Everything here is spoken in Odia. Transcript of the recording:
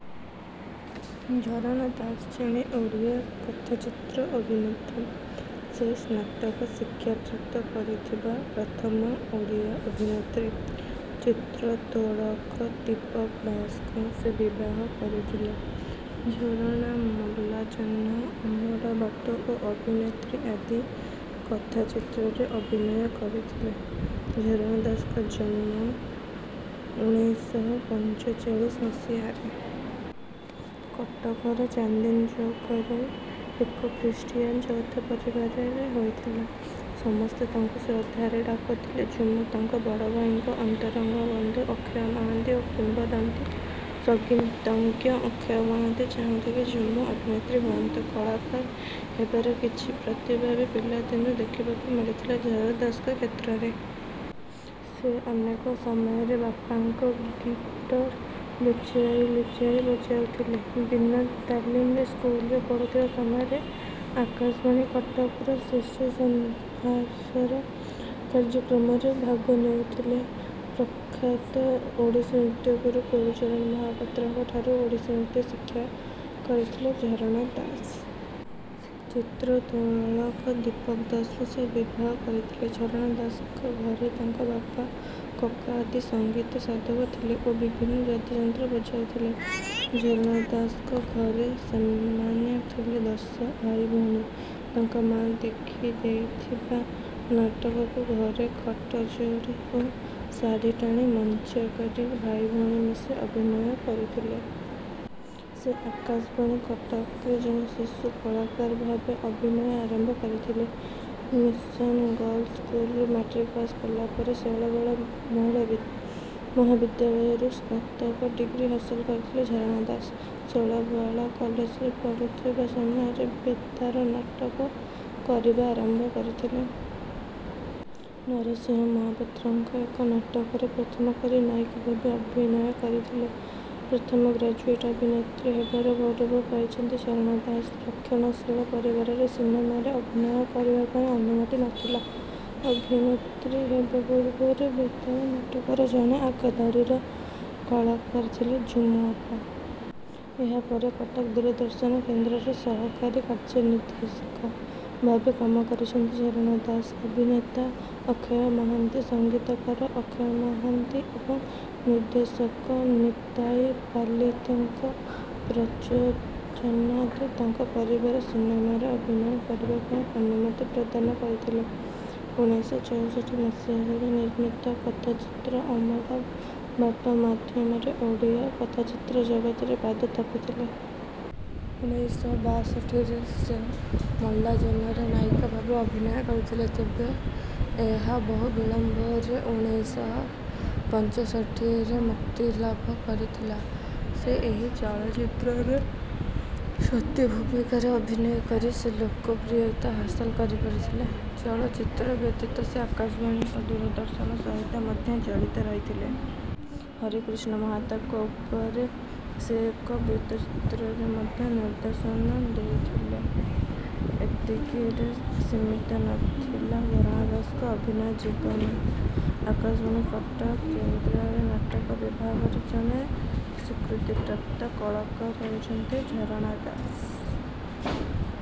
ଝରଣା ଦାସ ଜଣେ ଓଡ଼ିଆ କଥାଚିତ୍ର ଅଭିନେତ୍ରୀ। ସେ ସ୍ନାତକ ଶିକ୍ଷାପ୍ରାପ୍ତ କରିଥିବା ପ୍ରଥମ ଓଡ଼ିଆ ଅଭିନେତ୍ରୀ। ଚିତ୍ରତ୍ତୋଳକ ଦୀପକ ଦାସଙ୍କୁ ସେ ବିବାହ କରିଥିଲେ। ଝରଣା ମଲାଜହ୍ନ ଅମଡ଼ା ବାଟ ଓ ଅଭିନେତ୍ରୀ ଆଦି କଥାଚିତ୍ରରେ ଅଭିନୟ କରିଥିଲେ। ଝରଣା ଦାସଙ୍କ ଜନ୍ମ ଉଣେଇଶ ଶହ ପଞ୍ଚଚାଳିଶ ମସିହ। ରେ କଟକର ଚାନ୍ଦିନି ଚୌକର ଏକ ଖ୍ରୀଷ୍ଟିୟାନ ଯୌଥ ପରିବାରରେ ହୋଇଥିଲା ।ସମେସ୍ତ ତାଙ୍କୁ ଶ୍ରଦ୍ଧ। ରେ ଡାକୁଥିଲେ ଝୁମୁ। ତାଙ୍କ ବଡ ଭାଇଙ୍କ ଅନ୍ତରଙ୍ଗ ବନ୍ଧୁ ଅକ୍ଷୟ ମହାନ୍ତି ଓ କିମ୍ବଦନ୍ତି ସଙ୍ଗୀତଜ୍ଞ ଅକ୍ଷୟ ମହାନ୍ତି ଚାହୁଁଥିଲେ ଝୁମୁ ଅଭିନେତ୍ରୀ ହୁଅନ୍ତୁ। କଳାକାର ହେବାର କିଛି ପ୍ରତିଭା ବି ପିଲାଦିନୁ ଦେଖିବାକୁ ମିଳିଥିଲା ଝରଣା ଦାସଙ୍କ କ୍ଷେତ୍ରରେ। ସେ ଅନେକ ସମୟରେ ବାପାଙ୍କ ଗୀଟ। ର ଲୁଚାଇ ଲୁଚାଇ ବଜାଉଥିଲେ। ବିନା ତାଲିମରେ ସ୍କୁଲରେ ପଢୁଥିବା ସମୟରେ ଆକାଶବାଣୀ କଟକର ଶିଶୁ ସଂସାର କାର୍ଯ୍ୟକ୍ରମରେ ଭାଗ ନେଉଥିଲେ। ପ୍ରଖାତ ଓଡ଼ିଶୀ ନୃତ୍ୟଗୁରୁ କେଳୁ ଚରଣ ମହାପାତ୍ରଙ୍କ ଠାରୁ ଓଡ଼ିଶୀ ନୃତ୍ୟ ଶିକ୍ଷା କରିଥିଲେ ଝରଣା ଦାସ। ଚିତ୍ରତ୍ତୋଳକ ଦୀପକ ଦାସଙ୍କୁ ସେ ବିବାହ କରିଥିଲେ। ଝରଣା ଦାସଙ୍କ ଘରେ ତାଙ୍କ ବାପା କକା ଆଦି ସଙ୍ଗୀତ ସାଧକ ଥିଲେ ଓ ବିଭିନ୍ନ ବାଦ୍ୟଯନ୍ତ୍ର ବଜାଉଥିଲେ। ଝରଣାଙ୍କ ଘରେ ସେମାନେ ଥିଲେ ଦଶ ଭାଇ ଭଉଣୀ। ତାଙ୍କ ମା ଦେଖିଦେଇଥିବା ନାଟକକୁ ଘରେ ଖଟ ଯୋଡ଼ି ଓ ଶାଢ଼ୀ ଟାଣି ମଞ୍ଚା କରି ଭାଇ ଭଉଣୀ ମିଶି ଅଭିନୟ କରୁଥିଲେ। ସେ ଆକାଶବାଣୀ କଟକରେ ଜଣେ ଶିଶୁ କଳାକାର ଭାବରେ ଅଭିନୟ ଆରମ୍ଭ କରିଥିଲେ। ମିସନ୍ ଗର୍ଲସ ସ୍କୁଲ ରୁ ମ୍ୟାଟ୍ରିକ ପାସ କଲା ପରେ ଶୈଳବାଳା ମହିଳା ମହାବିଦ୍ୟାଳୟରୁ ସ୍ନ। ତକ ଡିଗ୍ରୀ ହାସଲ କରିଥିଲେ ଝରଣା ଦାସ। ଶୈଳବାଳା କଲେଜର ପଢୁଥିବା ସମୟରେ ବେତାର ନାଟକ କରିବା ଆରମ୍ଭ କରିଥିଲେ। ନରସିଂହ ମହାପାତ୍ରଙ୍କ ଏକ ନାଟକରେ ପ୍ରଥମକରି ନାୟିକା ଭାବେ ଅଭିନୟ କରିଥିଲେ। ପ୍ରଥମ ଗ୍ରାଜୁଏଟ ଅଭିେନତ୍ରୀ ହେବାର ଗୌରବ ପାଇଛନ୍ତି ଝରଣା ଦାସ। ରକ୍ଷଣଶୀଳ ପରିବାରରେ ସିନେମାରେ ଅଭିନୟ କରିବା ପାଇଁ ଅନୁମତି ନଥିଲା। ଅଭିେନତ୍ରୀ ହେବା ପୂର୍ବରୁ ବେତାର ନାଟକର ଜଣେ ଆଗଧାଡିର କଳାକାରଥିଲେ ଝୁମୁ ଅପା। ଏହାପରେ କଟକ ଦୂରଦର୍ଶନ କେନ୍ଦ୍ରର ସହକାରୀ କାର୍ଯ୍ୟନିର୍ଦ୍ଦେଶିକ। ଭ। ବେ କାମ କରିଛନ୍ତି ଝରଣା ଦାସ। ଅଭିନେତା ଅକ୍ଷୟ ମହାନ୍ତି ସଙ୍ଗୀତକାର ଅକ୍ଷୟ ମହାନ୍ତି ଏବଂ ନିର୍ଦ୍ଦେଶକ ନିତାଇ ପାଲିତଙ୍କ ପ୍ରରୋଚନାରେ ତାଙ୍କ ପରିବାର ସିନେମାରେ ଅଭିନୟ କରିବା ପାଇଁ ଅନୁମତି ପ୍ରଦାନ କରିଥିଲେ। ଉଣେଇଶ ଶହ ଚଉଷଠି ମସିହାରେ ନିର୍ମିତ କଥାଚିତ୍ର ଅମଡ଼ା ବାଟ ମାଧ୍ୟମରେ ଓଡ଼ିଆ କଥାଚିତ୍ର ଜଗତରେ ପାଦ ଥାପିଥିଲେ। ଉଣେଇଶ ଶହ ବାଷଠି ରେ ସେ ମଲାଜହ୍ନରେ ନାୟିକା ଭାବେ ଅଭିନୟ କରିଥିଲେ, ତେବେ ଏହା ବହୁ ବିଳମ୍ବରେ ଉଣେଇଶ ଶହ ପଞ୍ଚଷଠିରେ ମୁକ୍ତିଲାଭ କରିଥିଲା। ସେ ଏହି ଚଳଚ୍ଚିତ୍ର ରେ ସତୀ ଭୂମିକାରେ ଅଭିନୟ କରି ସେ ଲୋକପ୍ରିୟତା ହାସଲ କରିପାରିଥିଲେ। ଚଳଚ୍ଚିତ୍ର ବ୍ୟତୀତ ସେ ଆକାଶବାଣୀ ଓ ଦୂରଦର୍ଶନ ସହିତ ମଧ୍ୟ ଜଡ଼ିତ ରହିଥିଲେ। ହରେକୃଷ୍ଣ ମହତାବଙ୍କ ଉପରେ ସେ ଏକ ବୃତ୍ତଚିତ୍ରରେ ମଧ୍ୟ ନିର୍ଦ୍ଦେଶନା ଦେଇଥିଲେ। ଏତିକିରେ ସିମିତ ନଥିଲା ଝରଣା ଦାସଙ୍କ ଅଭିନୟ ଜୀବନ। ଆକାଶବାଣୀ କଟକ କେନ୍ଦ୍ରର ନାଟକ ବିଭାଗର ଜଣେ ସ୍ୱୀକୃତିପ୍ରାପ୍ତ କଳାକାର ହେଉଛନ୍ତି ଝରଣା ଦାସ।